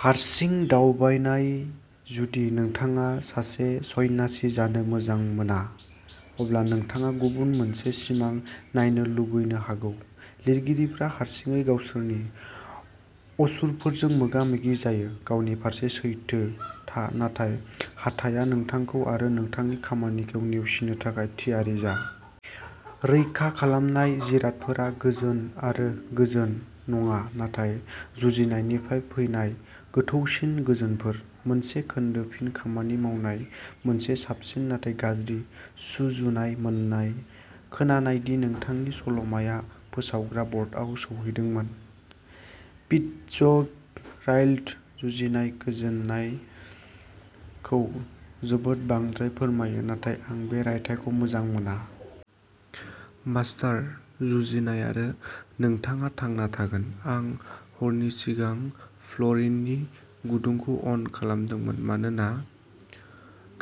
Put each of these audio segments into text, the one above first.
हारसिं दावबायनाय, जुदि नोंथाङा सासे सन्यासि जानो मोजां मोना, अब्ला नोंथाङा गुबुन मोनसे सिमां नायनो लुबैनो हागौ। लिरगिरिफोरा हारसिङै गावसोरनि असुरफोरजों मोगा-मोगि जायो। गावनि फारसे सैथो था, नाथाय हाथाइआ नोंथांखौ आरो नोंथांनि खामानिखौ नेवसिनो थाखाय थियारि जा। रैखा खालामनाय जिरादफोरा गोजोन आरो गोजोन नङा, नाथाय जुजिनायनिफ्राय फैनाय गोथौसिन गोजोनफोर। मोनसे खोन्दो फिन खामानि मावनाय मोनसे साबसिन नाथाय गाज्रि सुजुनाय मोन्नाय। खोनानाय दि नोंथांनि सल'माआ फोसावग्रा बर्डआव सौहैदोंमोन। फिट्जगेराल्डआ जुजिनाय गोजोननायखौ जोबोद बांद्राय फोरमायो, नाथाय आं बे रायथाइखौ मोजां मोना। मास्टार "जुजिनाय", आरो नोंथाङा थांना थागोन। आं हरनि सिगां फ्ल'रनि गुदुंखौ अन खालामदोंमोन मानोना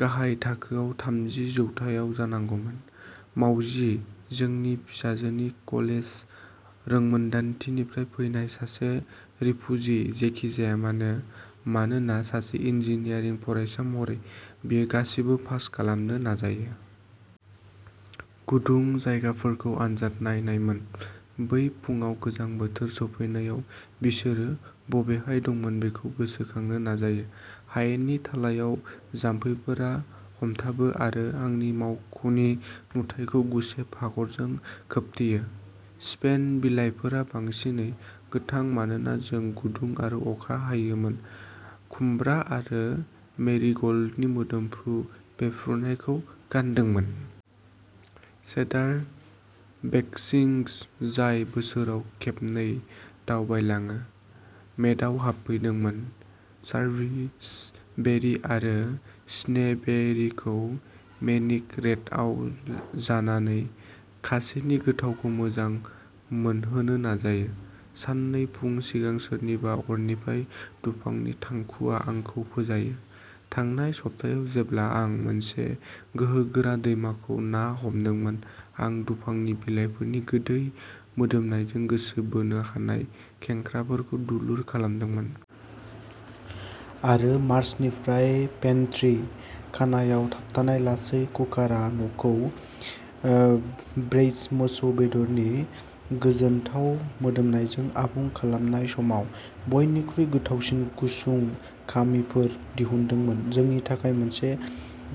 गाहाय थाखोआ थामजि जौथाइयाव जानांगौमोन। मावजि, जोंनि फिसाजोनि "कलेज रोंमोनदांथि" निफ्राय फैनाय सासे रिफुजि जेखि जाया मानो, मानोना सासे इन्जिनियारिं फरायसा महरै, बियो गासिबो पास खालामनो नाजायो। गुदुं जायगाफोरखौ आनजाद नायनायमोन। बै फुंआव गोजां बोथोर सौफैनायाव बिसोर बबेहाय दंमोन बेखौ गोसोखांनो नाजायो। हायेननि थालायाव जोमैफोरा हमथाबो आरो आंनि मावख'नि नुथाइखौ गुसेब हाखरजों खोबथेयो। एस्पेन बिलाइफोरा बांसिनै गोथां मानोना जों गुदुं आरो अखा हायोमोन, खुमब्रा आरो मेरिग'ल्डनि मोदोमफ्रु बेरफ्रुनायखौ गानदोंमोन। सेडार वैक्सविंग्स, जाय बोसोराव खेबनै दावबायलाङो, मेदाव हाबफैदोंमोन, सारभिसबेरी आरो स्नोबेरीखौ मेनिक रेटआव जानानै, खासेनि गोथावखौ मोजां मोनहोनो नाजायो। साननै फुं सिगां, सोरनिबा अरनिफ्राय दंफांनि थांखुआ आंखौ फोजायो। थांनाय सप्तायाव जेब्ला आं मोनसे गोहोगोरा दैमाखौ ना हमदोंमोन, आं दुफांनि बिलाइफोरनि गोदै मोदोमनायजों गोसो बोनो हानाय खेंख्राफोरखौ दुलुर खालामदोंमोन। आरो मार्चनिफ्राय पेन्ट्री खनायाव थाबथानाय लासै कुकारा न'खौ ब्रेइज्ड मोसौ बेदरनि गोजोनथाव मोदोमनायजों आबुं खालामनाय समाव बयनिख्रुइ गोथावसिन गुसुं खामिफोर दिहुनदोंमोन। जोंनि थाखाय मोनसे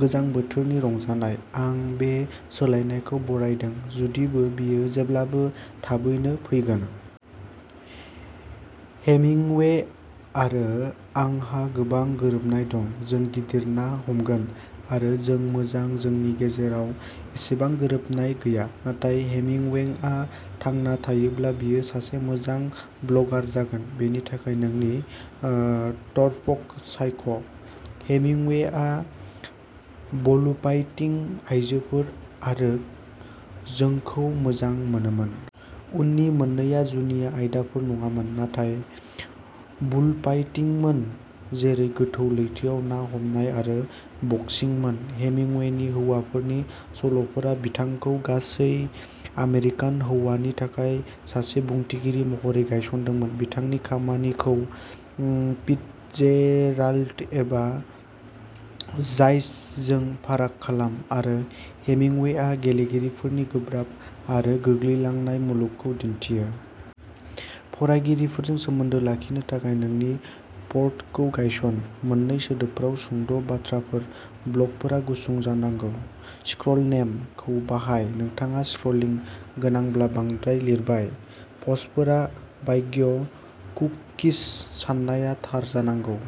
गोजां बोथोरनि रंजानाय। आं बे सोलायनायखौ बरायदों, जुदिबो बेयो जेब्लाबो थाबैनो फैगोन। हेमिंवे आरो आंहा गोबां गोरोबनाय दं, जों गिदिर ना हमगोन। आरो जों मोजां, जोंनि गेजेराव एसेबां गोरोबनाय गैया। नाथाय हेमिंवेआ थांना थायोब्ला, बियो सासे मोजां ब्लगार जागोन। बेनि थाखाय नोंनि ओ टर्फखौ सायख'। हेमिंवेआ बुलफाइटिं, आयजोफोर आरो जौखौ मोजां मोनोमोन। उननि मोन्नैआ जुनिया आयदाफोर नङामोन, नाथाय बुलफाइटिंमोन। जेरै गोथौ लैथोआव ना हमनाय आरो बक्सिंमोन। हेमिंवेनि हौवाफोरनि सल'फोरा बिथांखौ गासै आमेरिकान हौवानि थाखाय सासे बुंथिगिरि महरै गायसनदोंमोन। बिथांनि खामानिखौ उ फिट्जगेराल्ड एबा जायस जों फाराग खालाम, आरो हेमिंवेआ गेलेगिरिफोरनि गोब्राब आरोॉ गोग्लैलांनाय मुलुगखौ दिन्थियो। फरायगिरिफोरजों सोमोन्दो लाखिनो थाखाय नोंनि टर्फखौ गायसन। मोननै सोदोबफोराव सुंद' बाथ्राफोर, ब्लगफोरा गुसुं जानांगौ। "स्क्रल नेम" खौ बाहाय। नोंथाङा स्क्रलिं गोनांब्ला बांद्राय लिरबाय। पस्टफोरा भाग्य कुकिस, साननाया थार जानांगौ।